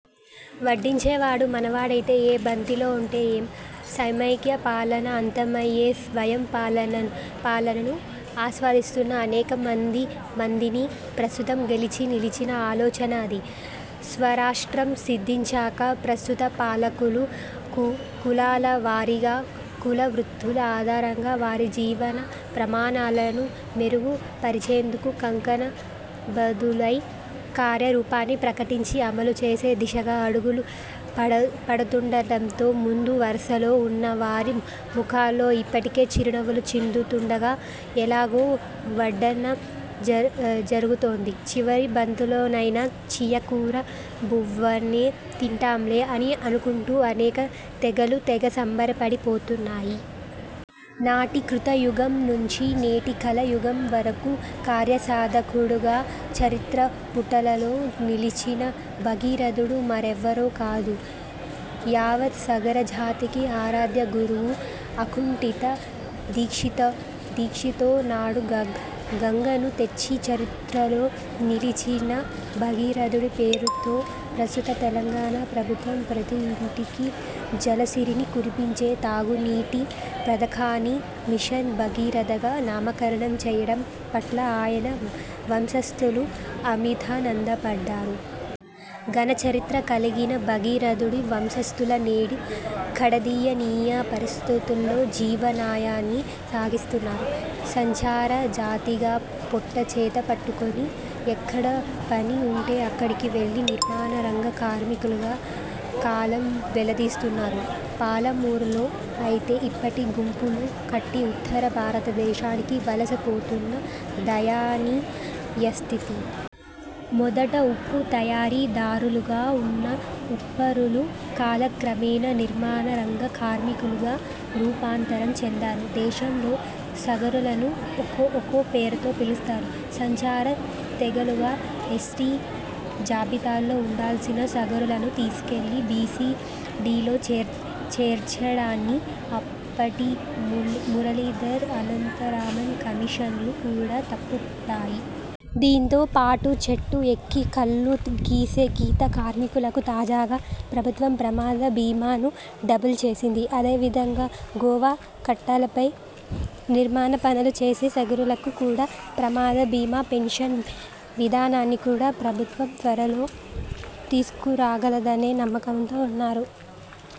వడ్డించేవాడు మనవాడైతే, ఏ బంతిలో ఉంటే ఏం? సమైక్య పాలన అంతమయ్యె స్వయం పాలనను ఆస్వాదిస్తున్న అనేక మంది మందిని ప్రస్తుతం గెలిచి, నిలిచిన ఆలోచన అది. స్వరాష్ట్రం సిద్ధించాక ప్రస్తుత పాలకులు కులాల వారీగా, కులవృత్తుల ఆధారంగా వారి జీవన ప్రమాణాలను మెరుగు పరిచేందుకు కంకణ బదులై కార్యరూపాన్ని ప్రకటించి అమలుచేసే దిశగా అడుగులు పడుతుండటంతో ముందు వరుసలో ఉన్న వారి ముఖాల్లో ఇప్పటికే చిరునవ్వులు చిందుతూండగా, 'ఎలాగు వడ్డన జరుగుతోంది, చివరి బంతిలోనైనా చియ్య కూర బువ్వనే తింటాంలే' అని అనుకుంటూ అనేక తెగలు తెగ సంబరపడి పోతున్నాయి. నాటి కృతయుగం నుంచి నేటి కలియుగం వరకు కార్యసాధకుడిగా చరిత్ర పుటల్లో నిలిచిన భగీరథుడు మరెవరో కాదు యావత్ సగర జాతికి ఆరాధ్య గురువు. అకుంఠిత దీక్షితో నాడు గంగను తెచ్చి చరిత్రలో నిలిచిన భగీరథుడి పేరుతో ప్రస్తుత తెలంగాణ ప్రభుత్వం ప్రతి ఇంటికి జలసిరిని కురిపించే తాగు నీటి పథకాని మిషన్ భగీరథగా నామకరణం చేయడం పట్ల ఆయన వంశస్తులు అమితానందపడ్డారు. ఘన చరిత్ర కల్గిన భగీరథుడి వంశస్తులు నేడు కడుదీయనీయ పరిస్థితుల్లో జీవనయానాన్ని సాగిస్తున్నారు. సంచారజాతిగా పొట్ట చేతబట్టుకొని ఎక్కడ పని ఉంటే అక్కడికి వెళ్లి నిర్మాణ రంగ కార్మికులుగా కాలం వెళ్లదీస్తున్నారు. పాలమూరులో అయితే ఇప్పటికీ గుంపులు కట్టి ఉత్తర భారతదేశానికి వలస పోతున్న దయనీయస్థితి. మొదట ఉప్పు తయారీ దారులుగా ఉన్న ఉప్పరులు కాలక్రమేణా నిర్మాణ రంగ కార్మికులుగా రూపాంతరం చెందారు. దేశంలో సగరులను ఒక్కో ఒక్కో పేరుతో పిలుస్తారు. సంచార తెగలుగా ఎస్టీ జాబితాలో ఉండాల్సిన సగరులను తీసుకెళ్లి బీసీడీలో చేర్చడాన్ని అప్పటి మురళీధర్, అనంతరామన్ కమిషన్లు కూడా తప్పు పట్టాయి. దీంతో పాటు చెట్టు ఎక్కి కల్లు గీసే గీత కార్మికులకు తాజాగా ప్రభుత్వం ప్రమాద బీమాను డబుల్ చేసింది. అదే విధంగా గోవా కట్టెలపై నిర్మాణ పనులు చేసే సగరులకు కూడా ప్రమాద బీమా, పెన్షన్ విధానాన్ని కూడా ప్రభుత్వం త్వరలో తీసుకురాగలదనే నమ్మకంతో ఉన్నారు.